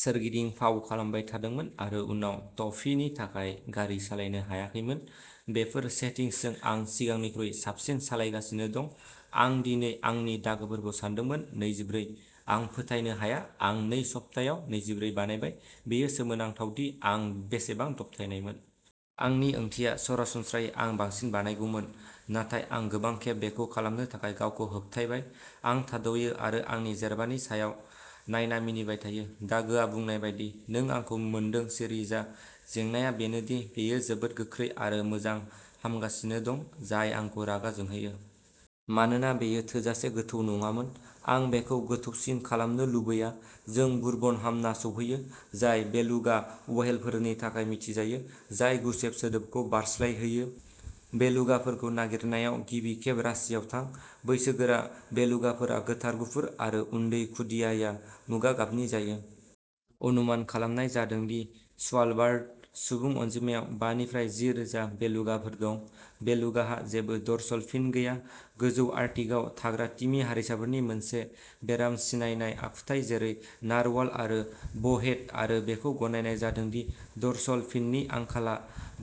सोरगिदिं फावखालामबाय थादोंमोन आरो उनाव टफीनि थाखाय गारि सालायनो हायाखैमोन। बेफोर सेटिंसजों आं सिगांनिख्रुइ साबसिन सालायगासिनो दं। आं दिनै आंनि दागोफोरखौ सानदोंमोनः नैजिब्रै। आं फोथायनो हाया आं नै सप्तायाव नैजिब्रै बानायबाय। बेयो सोमोनांथावदि आं बेसेबां दबथायनायमोन। आंनि ओंथिया, सरासनस्रायै आं बांसिन बानायगौमोन, नाथाय आं गोबां खेब बेखौ खालामनो थाखाय गावखौ होबथायबाय। आं थाद'यो आरो आंनि जेरबानि सायाव नायना मिनिबाय थायो। दागोआ बुंनाय बायदि; "नों आंखौ मोनदों, सिरि जा।" जेंनाआ बेनो दि बेयो जोबोद गोख्रै आरो मोजां हामगासिनो दं जाय आंखौ रागा जोंहोयो। मानोना बेयो थोजासे गोथौ नङामोन। आं बेखौ गोथौसिन खालामनो लुबैया। जों बुरबनहामना सौहैयो, जाय बेलुगा व्हेलफोरनि थाखाय मिथिजायो जाय गुसेब सोदोबखौ बारस्लायहोयो। बेलुगाफोरखौ नागिरनायाव गिबि खेब राशियाव थां। बैसोगोरा बेलुगाफोरा गोथार गुफुर। आरो उन्दै खुदियाया मुगा गाबनि जायो। अनुमान खालामनाय जायो दि स्वालबार्ड सुबुं अनजिमायाव बा निफ्राय जि रोजा बेलुगाफोर दं। बेलुगाहा जेबो डर्सल फिन गैया-गोजौ आर्कटिकआव थाग्रा तिमि हारिसाफोरनि मोनसे बेराम सिनायनाय आखुथाय जेरै नारवाल आरो ब'हेड-आरो बेखौ गनायनाय जादों दि डर्सल फिननि आंखालआ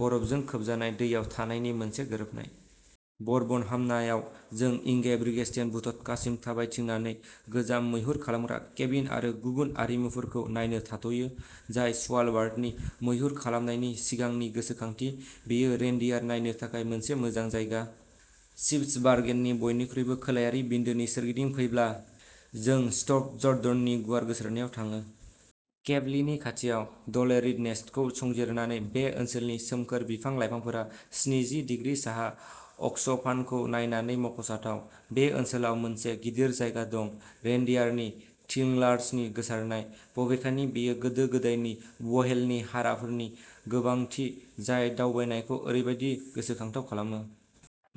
बरफजों खोबजानाय दैयाव थानायनि मोनसे गोरोबनाय। बरबनहामनाआव जों इंगेब्रिगस्टेनबुक्तासिम थाबायथिंनानै गोजाम मैहुर खालामग्रा केबिन आरो गुबुन आरिमुफोरखौ नायनो थाथ'यो, जाय स्वालबार्डनि मैहुर खालामनायनि सिगांनि गोसोखांथि। बेयो रेनडियार नायनो थाखाय मोनसे मोजां जायगा। स्पिट्सबार्गेननि बयनिख्रुइबो खोलायारि बिन्दोनि सोरगिदिं फैब्ला, जों स्टर्फजर्डननि गुवार गोसारनायाव थाङो। केप लीनि खाथियाव ड'लेरिटनेसेटखौ संजिरनानै, बे ओनसोलनि सोमखोर बिफां-लाइफांफोरा स्निजि° साहा अक्षफानखौ नायनानै मख'जाथाव। बे ओनसोलाव मोनसे गिदिर जायगा दं। रेनडियार थिंलार्सनि गोसारनाय, बबेखानि, बेयो गोदो-गोदायनि व्हेलनि हाराफोरनि गोबांथि जाय दावबायनायखौ ओरैबायदि गोसोखांथाव खालामो।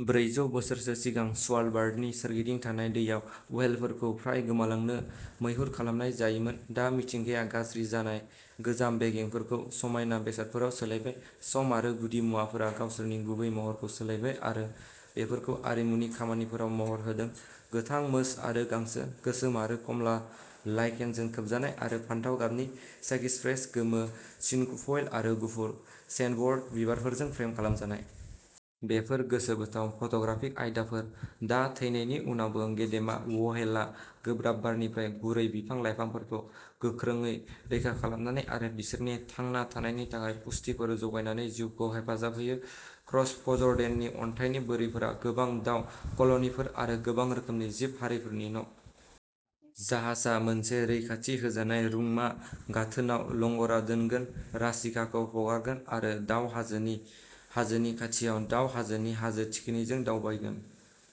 ब्रैजौ बोसोरसो सिगां, स्वालबार्डनि सोरगिदिं थानाय दैयाव व्हेलफोरखौ फ्राय गोमालांनो मैहुर खालामनाय जायोमोन। दा मिथिंगाया गाज्रि जानाय गोजाम बेगेंफोरखौ समायना बेसादफोराव सोलायबाय। सम आरो गुदिमुवाफोरा गावसोरनि गुबै महरखौ सोलायबाय आरो बेफोरखौ आरिमुनि खामानिफोराव महर होदों, गोथां मोस आरो गांसो, गोसोम आरो खमला लाइकेनजों खोबजानाय आरो फान्थाव गाबनि सेक्सिफ्रेज, गोमो सिनकुफइल आरो गुफुर सेन्डवर्ट बिबारफोरजों फ्रेम खालामजानाय। बेफोर गोसोबोथाव फट'ग्राफिक आयदाफोर। दा, थैनायनि उनावबो, गेदेमा व्हेलआ गोब्राब बारनिफ्राय गुरै बिफां-लाइफांफोरखौ गोख्रोंयै रैखा खालामनानै आरो बिसोरनि थांना थानायनि थाखाय पुष्टिफोर जगायनानै जिउखौ हेफाजाब होयो। क्रसफजर्डेननि अन्थाइनि बोरिफोरा गोबां दाव कल'निफोर आरो गोबां रोखोमनि जिब-हारिफोरनि न'। जाहाजआ मोनसे रैखाथि होजानाय रुंमा गाथोनआव लंग'रा दोनगोन, राशिकाखौ हगारगोन आरो दाउ हाजोनि हाजोनि खाथियाव दाव हाजोनि हाजो थिखिनिजों दावबायगोन।